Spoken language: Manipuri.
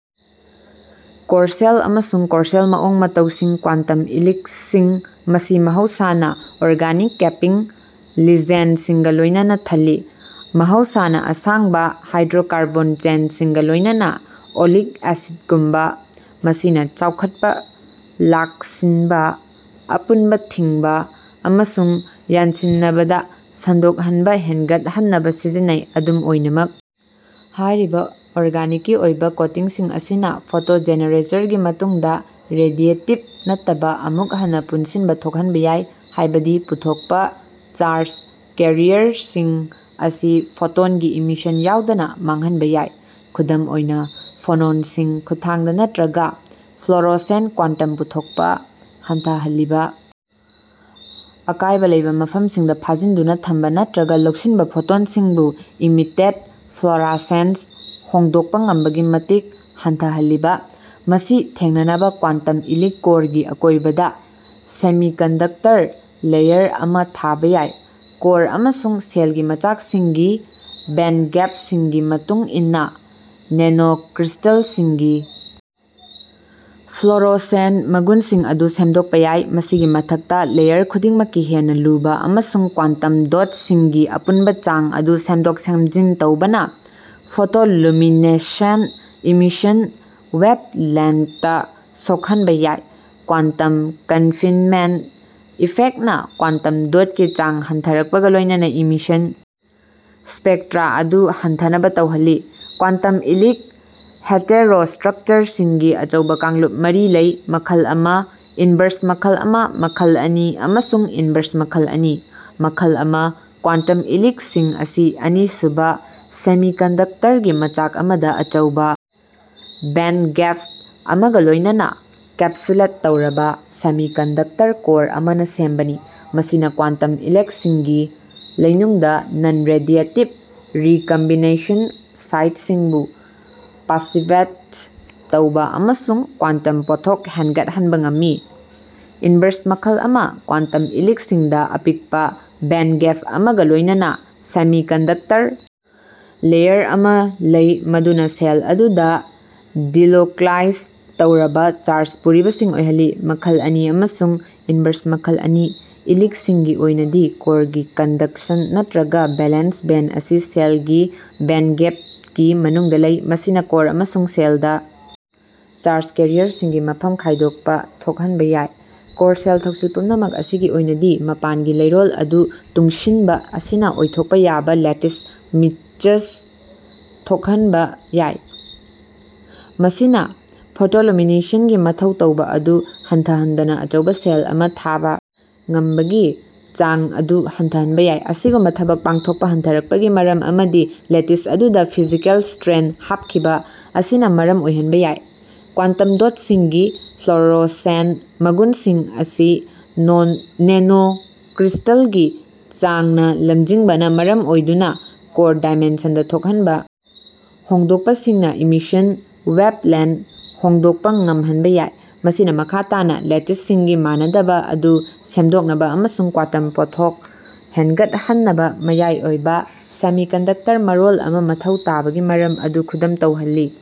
ꯀꯣꯔꯁꯦꯜ ꯑꯃꯁꯨꯡ ꯀꯣꯔꯁꯦꯜ ꯃꯑꯣꯡ ꯃꯇꯧꯁꯤꯡ ꯀ꯭ꯋꯥꯟꯇꯝ ꯏꯂꯤꯛꯁꯤꯡ ꯑꯁꯤ ꯃꯍꯧꯁꯥꯅ ꯑꯣꯔꯒꯅꯤꯛ ꯀꯦꯄꯤꯡ ꯂꯤꯒꯦꯟꯗꯁꯤꯡꯒ ꯂꯣꯏꯅꯅ ꯊꯜꯂꯤ (ꯃꯍꯧꯁꯥꯅ ꯑꯁꯥꯡꯕ ꯍꯥꯏꯗ꯭ꯔꯣꯀꯔꯕꯣꯟ ꯆꯦꯟꯁꯤꯡꯒ ꯂꯣꯏꯅꯅ, ꯑꯣꯂꯤꯛ ꯑꯦꯁꯤꯗꯒꯨꯝꯕ) ꯃꯁꯤꯅ ꯆꯥꯎꯈꯠꯄ ꯂꯥꯛꯁꯤꯟꯕ, ꯑꯄꯨꯟꯕ ꯊꯤꯡꯕ, ꯑꯃꯁꯨꯡ ꯌꯥꯟꯁꯤꯟꯅꯕꯗ ꯁꯟꯗꯣꯛꯍꯟꯕ ꯍꯦꯟꯒꯠꯍꯟꯅꯕ ꯁꯤꯖꯤꯟꯅꯩ꯫ ꯑꯗꯨꯝ ꯑꯣꯏꯅꯃꯛ ꯍꯥꯏꯔꯤꯕ ꯑꯣꯔꯒꯅꯤꯛꯀꯤ ꯑꯣꯏꯕ ꯀꯣꯇꯤꯡꯁꯤꯡ ꯑꯁꯤꯅ ꯐꯣꯇꯣꯖꯦꯟꯔꯦꯆꯔꯒꯤ ꯃꯇꯨꯡꯗ ꯔꯦꯗꯤꯌꯦꯇꯤꯕ ꯅꯠꯇꯕ ꯑꯃꯨꯛ ꯍꯟꯅ ꯄꯨꯟꯁꯤꯟꯕ ꯊꯣꯛꯍꯟꯕ ꯌꯥꯏ, ꯍꯥꯏꯕꯗꯤ ꯄꯨꯊꯣꯛꯄ ꯆꯥꯔꯖ ꯀꯦꯔꯤꯌꯔꯁꯤꯡ ꯑꯁꯤ ꯐꯣꯇꯣꯟꯒꯤ ꯏꯃꯤꯁꯟ ꯌꯥꯎꯗꯅ ꯃꯥꯡꯍꯟꯕ ꯌꯥꯏ (ꯈꯨꯗꯝ ꯑꯣꯏꯅ ꯐꯣꯅꯣꯟꯁꯤꯡ ꯈꯨꯠꯊꯥꯡꯗ ꯅꯠꯇ꯭ꯔꯒ ꯐ꯭ꯂꯣꯔꯣꯁꯦꯟ ꯀ꯭ꯋꯥꯟꯇꯝ ꯄꯨꯊꯣꯛꯄ ꯍꯟꯊꯍꯜꯂꯤꯕ ꯑꯀꯥꯏꯕ ꯂꯩꯕ ꯃꯐꯝꯁꯤꯡꯗ ꯐꯥꯖꯤꯟꯗꯨꯅ ꯊꯝꯕ ꯅꯠꯇ꯭ꯔꯒ ꯂꯧꯁꯤꯟꯕ ꯐꯣꯇꯣꯟꯁꯤꯡꯕꯨ ꯏꯃꯤꯇꯦꯠ ꯐ꯭ꯂꯣꯔꯥꯁꯦꯟꯁ ꯍꯣꯡꯗꯣꯛꯄ ꯉꯝꯕꯒꯤ ꯃꯇꯤꯛ ꯍꯟꯊꯍꯜꯂꯤꯕ)꯫ ꯃꯁꯤ ꯊꯦꯡꯅꯅꯕ ꯀ꯭ꯋꯥꯟꯇꯝ ꯏꯂꯤꯛ ꯀꯣꯔꯒꯤ ꯑꯀꯣꯏꯕꯗ ꯁꯦꯃꯤꯀꯟꯗꯛꯇꯔ ꯂꯦꯌꯔ ꯑꯃ ꯊꯥꯕ ꯌꯥꯏ꯫ ꯀꯣꯔ ꯑꯃꯁꯨꯡ ꯁꯦꯜꯒꯤ ꯃꯆꯥꯛꯁꯤꯡꯒꯤ ꯕꯦꯟꯒꯦꯞꯁꯤꯡꯒꯤ ꯃꯇꯨꯡ ꯏꯟꯅ ꯅꯦꯅꯣꯀ꯭ꯔꯤꯁꯇꯜꯁꯤꯡꯒꯤ ꯐ꯭ꯂꯣꯔꯣꯁꯦꯟ ꯃꯒꯨꯟꯁꯤꯡ ꯑꯗꯨ ꯁꯦꯝꯗꯣꯛꯄ ꯌꯥꯏ꯫ ꯃꯁꯤꯒꯤ ꯃꯊꯛꯇ ꯂꯦꯌꯔ ꯈꯨꯗꯤꯡꯃꯛꯀꯤ ꯍꯦꯟꯅ ꯂꯨꯕ ꯑꯃꯁꯨꯡ ꯀ꯭ꯋꯥꯟꯇꯝ ꯗꯣꯠꯁꯤꯡꯒꯤ ꯑꯄꯨꯟꯕ ꯆꯥꯡ ꯑꯗꯨ ꯁꯦꯝꯗꯣꯛ-ꯁꯦꯝꯖꯤꯟ ꯇꯧꯕꯅ ꯐꯣꯇꯣꯂꯨꯃꯤꯅꯦꯁꯦꯟꯠ ꯏꯃꯤꯁꯟ ꯋꯦꯚꯂꯦꯟꯊꯇ ꯁꯣꯛꯍꯟꯕ ꯌꯥꯏ꯫ ꯀ꯭ꯋꯥꯟꯇꯝ ꯀꯟꯐꯤꯟꯃꯦꯟꯠ ꯏꯐꯦꯛꯅ ꯀ꯭ꯋꯥꯟꯇꯝ ꯗꯣꯠꯀꯤ ꯆꯥꯡ ꯍꯟꯊꯔꯛꯄꯒ ꯂꯣꯏꯅꯅ ꯏꯃꯤꯁꯟ ꯁ꯭ꯄꯦꯛꯇ꯭ꯔꯥ ꯑꯗꯨ ꯍꯟꯊꯅꯕ ꯇꯧꯍꯜꯂꯤ꯫ ꯀ꯭ꯋꯥꯟꯇꯝ ꯏꯂꯤꯛ ꯍꯦꯇꯦꯔꯣꯁꯇ꯭ꯔꯛꯆꯔꯁꯤꯡꯒꯤ ꯑꯆꯧꯕ ꯀꯥꯡꯂꯨꯞ ꯃꯔꯤ ꯂꯩ: ꯃꯈꯜ ꯑꯃ, ꯏꯟꯚꯔꯁ ꯃꯈꯜ ꯑꯃ, ꯃꯈꯜ ꯑꯅꯤ, ꯑꯃꯁꯨꯡ ꯏꯟꯚꯔꯁ ꯃꯈꯜ ꯑꯅꯤ꯫ ꯃꯈꯜ ꯑꯃ ꯀ꯭ꯋꯥꯟꯇꯝ ꯏꯂꯤꯛ ꯁꯤꯡ ꯑꯁꯤ ꯑꯅꯤꯁꯨꯕ ꯁꯦꯃꯤꯀꯟꯗꯛꯇꯔꯒꯤ ꯃꯆꯥꯛ ꯑꯃꯗ ꯑꯆꯧꯕ ꯕꯦꯟꯗꯒꯦꯞ ꯑꯃꯒ ꯂꯣꯏꯅꯅ ꯀꯦꯞꯁꯨꯂꯦꯠ ꯇꯧꯔꯕ ꯁꯦꯃꯤꯀꯟꯗꯦꯛꯇꯔ ꯀꯣꯔ ꯑꯃꯅ ꯁꯦꯝꯕꯅꯤ, ꯃꯁꯤꯅ ꯀ꯭ꯋꯥꯟꯇꯝ ꯏꯂꯤꯛꯁꯤꯡꯒꯤ ꯂꯩꯅꯨꯡꯗ ꯅꯟ-ꯔꯦꯗꯤꯌꯦꯇꯤꯕ ꯔꯤꯀꯝꯕꯤꯅꯦꯁꯟ ꯁꯥꯏꯠꯁꯤꯡꯕꯨ ꯄꯥꯁꯤꯚꯦꯠ ꯇꯧꯕ ꯑꯃꯁꯨꯡ ꯀ꯭ꯋꯥꯟꯇꯝ ꯄꯣꯠꯊꯣꯛ ꯍꯦꯟꯒꯠꯍꯟꯕ ꯉꯝꯃꯤ꯫ ꯏꯟꯚꯔꯁ ꯃꯈꯜ ꯑꯃ ꯀ꯭ꯋꯥꯟꯇꯝ ꯏꯂꯤꯛꯁꯤꯡꯗ ꯑꯄꯤꯛꯄ ꯕꯦꯟꯗꯒꯦꯞ ꯑꯃꯒ ꯂꯣꯏꯅꯅ ꯁꯦꯃꯤꯀꯟꯗꯛꯇꯔ ꯂꯦꯌꯔ ꯑꯃ ꯂꯩ ꯃꯗꯨꯅ ꯁꯦꯜ ꯑꯗꯨꯗ ꯗꯤꯂꯣꯀ꯭ꯂꯥꯏꯖ ꯇꯧꯔꯕ ꯆꯥꯔꯖ ꯄꯨꯔꯤꯕꯁꯤꯡ ꯑꯣꯏꯍꯜꯂꯤ꯫ ꯃꯈꯜ ꯑꯅꯤ ꯑꯃꯁꯨꯡ ꯏꯟꯚꯔꯁ ꯃꯈꯜ ꯑꯅꯤ ꯏꯂꯤꯛꯁꯤꯡꯒꯤ ꯑꯣꯏꯅꯗꯤ ꯀꯣꯔꯒꯤ ꯀꯟꯗꯛꯁꯟ ꯅꯠꯇ꯭ꯔꯒ ꯚꯦꯂꯦꯟꯁ ꯕꯦꯟꯗ ꯑꯁꯤ ꯁꯦꯜꯒꯤ ꯕꯦꯟꯒꯦꯞꯀꯤ ꯃꯅꯨꯡꯗ ꯂꯩ꯫ ꯃꯁꯤꯅ ꯀꯣꯔ ꯑꯃꯁꯨꯡ ꯁꯦꯜꯗ ꯆꯥꯔꯖ ꯀꯦꯔꯤꯌꯔꯁꯤꯡꯒꯤ ꯃꯐꯝ ꯈꯥꯏꯗꯣꯛꯄ ꯊꯣꯛꯍꯟꯕ ꯌꯥꯏ꯫ ꯀꯣꯔꯁꯦꯜ ꯊꯧꯁꯤꯜ ꯄꯨꯝꯅꯃꯛ ꯑꯁꯤꯒꯤ ꯑꯣꯏꯅꯗꯤ ꯃꯄꯥꯟꯒꯤ ꯂꯩꯔꯣꯜ ꯑꯗꯨ ꯇꯨꯡꯁꯤꯟꯕ ꯑꯁꯤꯅ ꯑꯣꯏꯊꯣꯛꯄ ꯌꯥꯕ ꯂꯦꯇꯤꯁ ꯃꯤꯃꯆ ꯊꯣꯛꯍꯟꯕ ꯌꯥꯏ꯫ ꯃꯁꯤꯅ ꯐꯣꯇꯣꯂꯨꯃꯤꯅꯦꯁꯟ ꯒꯤ ꯃꯊꯧ ꯇꯧꯕ ꯑꯗꯨ ꯍꯟꯊꯍꯟꯗꯅ ꯑꯆꯧꯕ ꯁꯦꯜ ꯑꯃ ꯊꯥꯕ ꯉꯝꯕꯒꯤ ꯆꯥꯡ ꯑꯗꯨ ꯍꯟꯊꯍꯟꯕ ꯌꯥꯏ꯫ ꯑꯁꯤꯒꯨꯝꯕ ꯊꯕꯛ ꯄꯥꯡꯊꯣꯛꯄ ꯍꯟꯊꯔꯛꯄꯒꯤ ꯃꯔꯝ ꯑꯃꯗꯤ ꯂꯦꯇꯤꯁ ꯑꯗꯨꯗ ꯐꯤꯖꯤꯀꯦꯜ ꯁꯇ꯭ꯔꯦꯟ ꯍꯥꯞꯈꯤꯕ ꯑꯁꯤꯅ ꯃꯔꯝ ꯑꯣꯏꯍꯟꯕ ꯌꯥꯏ꯫ ꯀ꯭ꯋꯥꯟꯇꯝ ꯗꯣꯠꯁꯤꯡꯒꯤ ꯐ꯭ꯂꯣꯔꯣꯁꯦꯟ ꯃꯒꯨꯟꯁꯤꯡ ꯑꯁꯤ ꯅꯦꯅꯣꯀ꯭ꯔꯤꯁꯇꯜꯒꯤ ꯆꯥꯡꯅ ꯂꯝꯖꯤꯡꯕꯅ ꯃꯔꯝ ꯑꯣꯏꯗꯨꯅ, ꯀꯣꯔ ꯗꯥꯏꯃꯦꯟꯁꯟꯗ ꯊꯣꯛꯍꯟꯕ ꯍꯣꯡꯗꯣꯛꯄꯁꯤꯡꯅ ꯏꯃꯤꯁꯟ ꯋꯦꯚꯂꯦꯟ ꯍꯣꯡꯗꯣꯛꯄ ꯉꯝꯍꯟꯕ ꯌꯥꯏ, ꯃꯁꯤꯅ ꯃꯈꯥ ꯇꯥꯅ ꯂꯦꯇꯤꯁꯒꯤ ꯃꯥꯟꯅꯗꯕ ꯑꯗꯨ ꯁꯦꯝꯗꯣꯛꯅꯕ ꯑꯃꯁꯨꯡ ꯀ꯭ꯋꯥꯇꯝ ꯄꯣꯠꯊꯣꯛ ꯍꯦꯟꯒꯠꯍꯟꯅꯕ ꯃꯌꯥꯏ ꯑꯣꯏꯕ ꯁꯦꯃꯤꯀꯟꯗꯛꯇꯔ ꯃꯔꯣꯜ ꯑꯃ ꯃꯊꯧ ꯇꯥꯕꯒꯤ ꯃꯔꯝ ꯑꯗꯨ ꯈꯨꯗꯝ ꯇꯧꯍꯜꯂꯤ꯫